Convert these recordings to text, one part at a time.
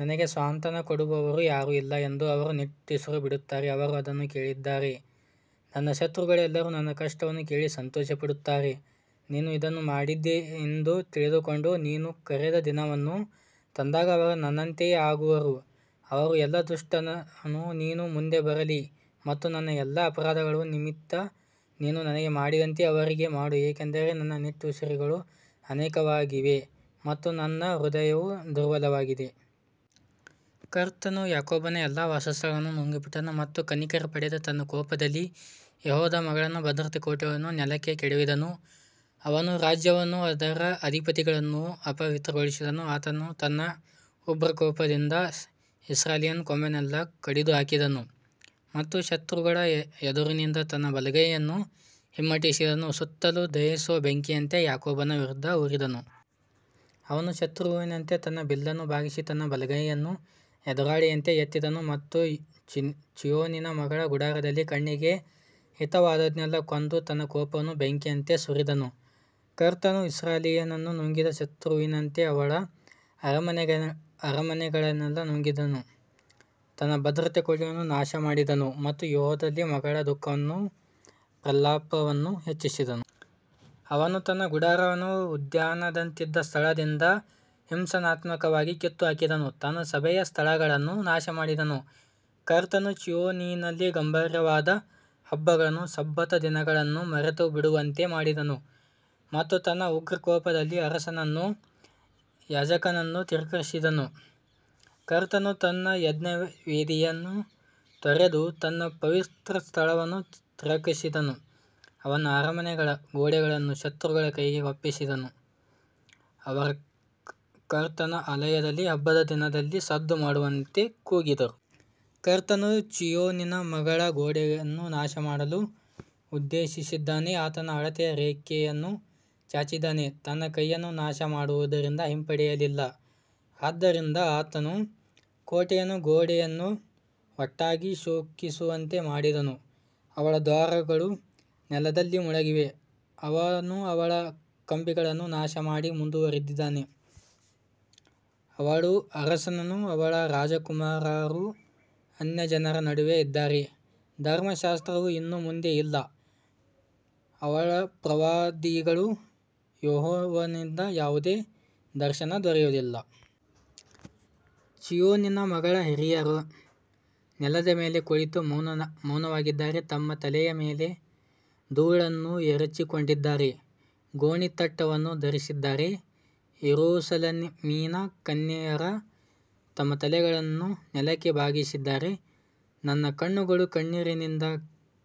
ನನಗೆ ಸಾಂತ್ವನ ಕೊಡುವವರು ಯಾರೂ ಇಲ್ಲ ಎಂದು ಅವರು ನಿಟ್ಟುಸಿರು ಬಿಡುತ್ತಾರೆ, ಅವರು ಅದನ್ನು ಕೇಳಿದ್ದಾರೆ. ನನ್ನ ಶತ್ರುಗಳೆಲ್ಲರೂ ನನ್ನ ಕಷ್ಟವನ್ನು ಕೇಳಿ ಸಂತೋಷಪಡುತ್ತಾರೆ, ನೀನು ಇದನ್ನು ಮಾಡಿದ್ದೀಯೆಂದು ತಿಳಿದುಕೊಂಡು, ನೀನು ಕರೆದ ದಿನವನ್ನು ತಂದಾಗ ಅವರು ನನ್ನಂತೆಯೇ ಆಗುವರು. ಅವರ ಎಲ್ಲಾ ದುಷ್ಟತನವು ನಿನ್ನ ಮುಂದೆ ಬರಲಿ ಮತ್ತು ನನ್ನ ಎಲ್ಲಾ ಅಪರಾಧಗಳ ನಿಮಿತ್ತ ನೀನು ನನಗೆ ಮಾಡಿದಂತೆಯೇ ಅವರಿಗೆ ಮಾಡು, ಏಕೆಂದರೆ ನನ್ನ ನಿಟ್ಟುಸಿರುಗಳು ಅನೇಕವಾಗಿವೆ ಮತ್ತು ನನ್ನ ಹೃದಯವು ದುರ್ಬಲವಾಗಿದೆ. ಕರ್ತನು ಯಾಕೋಬನ ಎಲ್ಲಾ ವಾಸಸ್ಥಾನಗಳನ್ನು ನುಂಗಿಬಿಟ್ಟನು ಮತ್ತು ಕನಿಕರಪಡದೆ ತನ್ನ ಕೋಪದಲ್ಲಿ ಯೆಹೂದದ ಮಗಳ ಭದ್ರಕೋಟೆಗಳನ್ನು ನೆಲಕ್ಕೆ ಕೆಡವಿದನು, ಅವನು ರಾಜ್ಯವನ್ನೂ ಅದರ ಅಧಿಪತಿಗಳನ್ನೂ ಅಪವಿತ್ರಗೊಳಿಸಿದನು. ಆತನು ತನ್ನ ಉಗ್ರಕೋಪದಿಂದ ಇಸ್ರಾಯೇಲಿನ ಕೊಂಬನ್ನೆಲ್ಲಾ ಕಡಿದುಹಾಕಿದನು ಮತ್ತು ಶತ್ರುಗಳ ಎದುರಿನಿಂದ ತನ್ನ ಬಲಗೈಯನ್ನು ಹಿಮ್ಮೆಟ್ಟಿಸಿದನು, ಸುತ್ತಲೂ ದಹಿಸುವ ಬೆಂಕಿಯಂತೆ ಯಾಕೋಬನ ವಿರುದ್ಧ ಉರಿದನು. ಅವನು ಶತ್ರುವಿನಂತೆ ತನ್ನ ಬಿಲ್ಲನ್ನು ಬಾಗಿಸಿ ತನ್ನ ಬಲಗೈಯನ್ನು ಎದುರಾಳಿಯಂತೆ ಎತ್ತಿದನು ಮತ್ತು ಚೀಯೋನಿನ ಮಗಳ ಗುಡಾರದಲ್ಲಿ ಕಣ್ಣಿಗೆ ಹಿತವಾದದ್ದನ್ನೆಲ್ಲಾ ಕೊಂದು ತನ್ನ ಕೋಪವನ್ನು ಬೆಂಕಿಯಂತೆ ಸುರಿಸಿದನು. ಕರ್ತನು ಇಸ್ರಾಯೇಲನ್ನು ನುಂಗಿದ ಶತ್ರುವಿನಂತೆ ಅವಳ ಅರಮನೆಗಳನ್ನೆಲ್ಲಾ ನುಂಗಿದನು, ತನ್ನ ಭದ್ರಕೋಟೆಗಳನ್ನು ನಾಶಮಾಡಿದನು ಮತ್ತು ಯೆಹೂದದ ಮಗಳಲ್ಲಿ ದುಃಖವನ್ನೂ ಪ್ರಲಾಪವನ್ನೂ ಹೆಚ್ಚಿಸಿದನು. ಅವನು ತನ್ನ ಗುಡಾರವನ್ನು ಉದ್ಯಾನದಂತಿದ್ದ ಸ್ಥಳದಿಂದ ಹಿಂಸಾತ್ಮಕವಾಗಿ ಕಿತ್ತುಹಾಕಿದನು, ತನ್ನ ಸಭೆಯ ಸ್ಥಳಗಳನ್ನು ನಾಶಮಾಡಿದನು, ಕರ್ತನು ಚೀಯೋನಿನಲ್ಲಿ ಗಂಭೀರವಾದ ಹಬ್ಬಗಳನ್ನೂ ಸಬ್ಬತ್ ದಿನಗಳನ್ನೂ ಮರೆತುಬಿಡುವಂತೆ ಮಾಡಿದನು ಮತ್ತು ತನ್ನ ಉಗ್ರಕೋಪದಲ್ಲಿ ಅರಸನನ್ನೂ ಯಾಜಕನನ್ನೂ ತಿರಸ್ಕರಿಸಿದನು. ಕರ್ತನು ತನ್ನ ಯಜ್ಞವೇದಿಯನ್ನು ತೊರೆದು ತನ್ನ ಪವಿತ್ರಸ್ಥಳವನ್ನು ತಿರಸ್ಕರಿಸಿದನು, ಅವಳ ಅರಮನೆಗಳ ಗೋಡೆಗಳನ್ನು ಶತ್ರುಗಳ ಕೈಗೆ ಒಪ್ಪಿಸಿದನು, ಅವರು ಕರ್ತನ ಆಲಯದಲ್ಲಿ ಹಬ್ಬದ ದಿನದಲ್ಲಿ ಸದ್ದು ಮಾಡುವಂತೆ ಕೂಗಿದರು. ಕರ್ತನು ಚೀಯೋನಿನ ಮಗಳ ಗೋಡೆಯನ್ನು ನಾಶಮಾಡಲು ಉದ್ದೇಶಿಸಿದ್ದಾನೆ, ಆತನು ಅಳತೆಯ ರೇಖೆಯನ್ನು ಚಾಚಿದ್ದಾನೆ, ತನ್ನ ಕೈಯನ್ನು ನಾಶಮಾಡುವುದರಿಂದ ಹಿಂಪಡೆಯಲಿಲ್ಲ, ಆದ್ದರಿಂದ ಆತನು ಕೋಟೆಯನ್ನೂ ಗೋಡೆಯನ್ನೂ ಒಟ್ಟಾಗಿ ಶೋಕಿಸುವಂತೆ ಮಾಡಿದನು. ಅವಳ ದ್ವಾರಗಳು ನೆಲದಲ್ಲಿ ಮುಳುಗಿವೆ, ಅವನು ಅವಳ ಕಂಬಿಗಳನ್ನು ನಾಶಮಾಡಿ ಮುರಿದಿದ್ದಾನೆ, ಅವಳ ಅರಸನೂ ಅವಳ ರಾಜಕುಮಾರರೂ ಅನ್ಯಜನರ ನಡುವೆ ಇದ್ದಾರೆ, ಧರ್ಮಶಾಸ್ತ್ರವು ಇನ್ನು ಮುಂದೆ ಇಲ್ಲ, ಅವಳ ಪ್ರವಾದಿಗಳಿಗೂ ಯೆಹೋವನಿಂದ ಯಾವುದೇ ದರ್ಶನ ದೊರೆಯುವುದಿಲ್ಲ. ಚೀಯೋನಿನ ಮಗಳ ಹಿರಿಯರು ನೆಲದ ಮೇಲೆ ಕುಳಿತು ಮೌನವಾಗಿದ್ದಾರೆ, ತಮ್ಮ ತಲೆಯ ಮೇಲೆ ಧೂಳನ್ನು ಎರಚಿಕೊಂಡಿದ್ದಾರೆ, ಗೋಣಿತಟ್ಟನ್ನು ಧರಿಸಿದ್ದಾರೆ, ಯೆರೂಸಲೇಮಿನ ಕನ್ಯೆಯರು ತಮ್ಮ ತಲೆಗಳನ್ನು ನೆಲಕ್ಕೆ ಬಾಗಿಸಿದ್ದಾರೆ. ನನ್ನ ಕಣ್ಣುಗಳು ಕಣ್ಣೀರಿನಿಂದ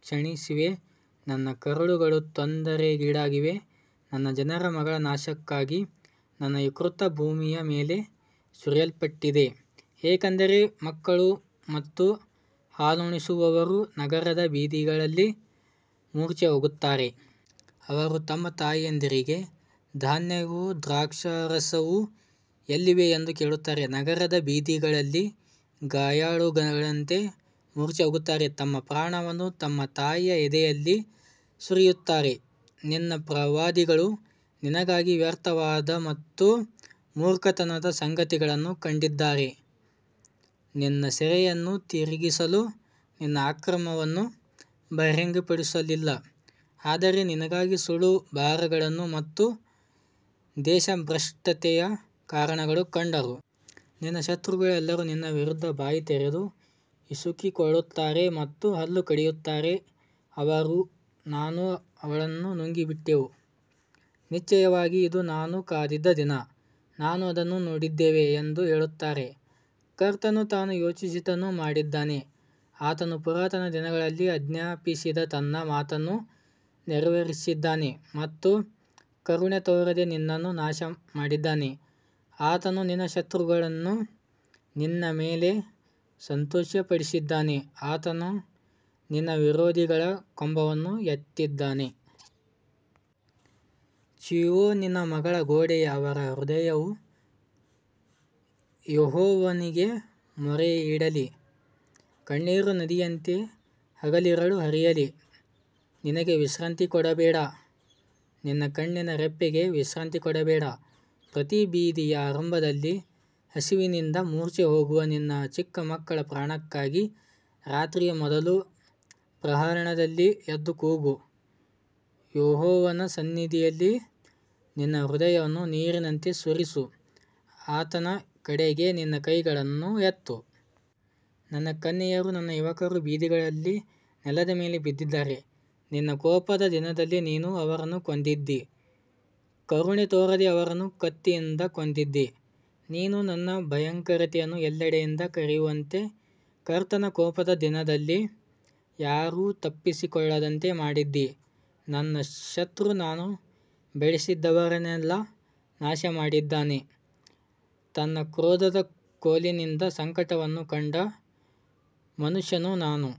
ಕ್ಷೀಣಿಸಿವೆ, ನನ್ನ ಕರುಳುಗಳು ತೊಂದರೆಗೀಡಾಗಿವೆ, ನನ್ನ ಜನರ ಮಗಳ ನಾಶಕ್ಕಾಗಿ ನನ್ನ ಯಕೃತ್ತು ಭೂಮಿಯ ಮೇಲೆ ಸುರಿಯಲ್ಪಟ್ಟಿದೆ, ಏಕೆಂದರೆ ಮಕ್ಕಳು ಮತ್ತು ಹಾಲುಣಿಸುವವರು ನಗರದ ಬೀದಿಗಳಲ್ಲಿ ಮೂರ್ಛೆಹೋಗುತ್ತಾರೆ. ಅವರು ತಮ್ಮ ತಾಯಂದಿರಿಗೆ, ಧಾನ್ಯವೂ ದ್ರಾಕ್ಷಾರಸವೂ ಎಲ್ಲಿವೆ ಎಂದು ಕೇಳುತ್ತಾರೆ, ನಗರದ ಬೀದಿಗಳಲ್ಲಿ ಗಾಯಾಳುಗಳಂತೆ ಮೂರ್ಛೆಹೋಗುತ್ತಾರೆ, ತಮ್ಮ ಪ್ರಾಣವನ್ನು ತಮ್ಮ ತಾಯಿಯ ಎದೆಯಲ್ಲಿ ಸುರಿಯುತ್ತಾರೆ. ನಿನ್ನ ಪ್ರವಾದಿಗಳು ನಿನಗಾಗಿ ವ್ಯರ್ಥವಾದ ಮತ್ತು ಮೂರ್ಖತನದ ಸಂಗತಿಗಳನ್ನು ಕಂಡಿದ್ದಾರೆ, ನಿನ್ನ ಸೆರೆಯನ್ನು ತಿರುಗಿಸಲು ನಿನ್ನ ಅಕ್ರಮವನ್ನು ಬಹಿರಂಗಪಡಿಸಲಿಲ್ಲ, ಆದರೆ ನಿನಗಾಗಿ ಸುಳ್ಳು ಭಾರಗಳನ್ನು ಮತ್ತು ದೇಶಭ್ರಷ್ಟತೆಯ ಕಾರಣಗಳನ್ನು ಕಂಡರು. ನಿನ್ನ ಶತ್ರುಗಳೆಲ್ಲರೂ ನಿನ್ನ ವಿರುದ್ಧ ಬಾಯಿ ತೆರೆದು ಹಿಸುಕಿಕೊಳ್ಳುತ್ತಾರೆ ಮತ್ತು ಹಲ್ಲು ಕಡಿಯುತ್ತಾರೆ, ಅವರು, ನಾವು ಅವಳನ್ನು ನುಂಗಿಬಿಟ್ಟೆವು, ನಿಶ್ಚಯವಾಗಿ ಇದು ನಾವು ಕಾದಿದ್ದ ದಿನ, ನಾವು ಅದನ್ನು ನೋಡಿದ್ದೇವೆ ಎಂದು ಹೇಳುತ್ತಾರೆ. ಕರ್ತನು ತಾನು ಯೋಚಿಸಿದ್ದನ್ನು ಮಾಡಿದ್ದಾನೆ, ಆತನು ಪುರಾತನ ದಿನಗಳಲ್ಲಿ ಆಜ್ಞಾಪಿಸಿದ ತನ್ನ ಮಾತನ್ನು ನೆರವೇರಿಸಿದ್ದಾನೆ ಮತ್ತು ಕರುಣೆ ತೋರದೆ ನಿನ್ನನ್ನು ನಾಶಮಾಡಿದ್ದಾನೆ, ಆತನು ನಿನ್ನ ಶತ್ರುಗಳನ್ನು ನಿನ್ನ ಮೇಲೆ ಸಂತೋಷಪಡಿಸಿದ್ದಾನೆ, ಆತನು ನಿನ್ನ ವಿರೋಧಿಗಳ ಕೊಂಬನ್ನು ಎತ್ತಿದ್ದಾನೆ. ಚೀಯೋನಿನ ಮಗಳ ಗೋಡೆಯೇ, ಅವರ ಹೃದಯವು ಯೆಹೋವನಿಗೆ ಮೊರೆಯಿಡಲಿ, ಕಣ್ಣೀರು ನದಿಯಂತೆ ಹಗಲಿರುಳು ಹರಿಯಲಿ, ನಿನಗೆ ವಿಶ್ರಾಂತಿ ಕೊಡಬೇಡ, ನಿನ್ನ ಕಣ್ಣಿನ ರೆಪ್ಪೆಗೆ ವಿಶ್ರಾಂತಿ ಕೊಡಬೇಡ. ಪ್ರತಿ ಬೀದಿಯ ಆರಂಭದಲ್ಲಿ ಹಸಿವಿನಿಂದ ಮೂರ್ಛೆಹೋಗುವ ನಿನ್ನ ಚಿಕ್ಕ ಮಕ್ಕಳ ಪ್ರಾಣಕ್ಕಾಗಿ ರಾತ್ರಿಯ ಮೊದಲ ಪ್ರಹರದಲ್ಲಿ ಎದ್ದು ಕೂಗು, ಯೆಹೋವನ ಸನ್ನಿಧಿಯಲ್ಲಿ ನಿನ್ನ ಹೃದಯವನ್ನು ನೀರಿನಂತೆ ಸುರಿಸು, ಆತನ ಕಡೆಗೆ ನಿನ್ನ ಕೈಗಳನ್ನು ಎತ್ತು. ನನ್ನ ಕನ್ಯೆಯರೂ ನನ್ನ ಯುವಕರೂ ಬೀದಿಗಳಲ್ಲಿ ನೆಲದ ಮೇಲೆ ಬಿದ್ದಿದ್ದಾರೆ, ನಿನ್ನ ಕೋಪದ ದಿನದಲ್ಲಿ ನೀನು ಅವರನ್ನು ಕೊಂದಿದ್ದೀ, ಕರುಣೆ ತೋರದೆ ಅವರನ್ನು ಕತ್ತಿಯಿಂದ ಕೊಂದಿದ್ದೀ. ನೀನು ನನ್ನ ಭಯಂಕರತೆಯನ್ನು ಎಲ್ಲೆಡೆಯಿಂದ ಕರೆಯುವಂತೆ, ಕರ್ತನ ಕೋಪದ ದಿನದಲ್ಲಿ ಯಾರೂ ತಪ್ಪಿಸಿಕೊಳ್ಳದಂತೆ ಮಾಡಿದ್ದೀ, ನನ್ನ ಶತ್ರು ನಾನು ಬೆಳೆಸಿದವರನ್ನೆಲ್ಲಾ ನಾಶಮಾಡಿದ್ದಾನೆ. ತನ್ನ ಕ್ರೋಧದ ಕೋಲಿನಿಂದ ಸಂಕಟವನ್ನು ಕಂಡ ಮನುಷ್ಯನು ನಾನು.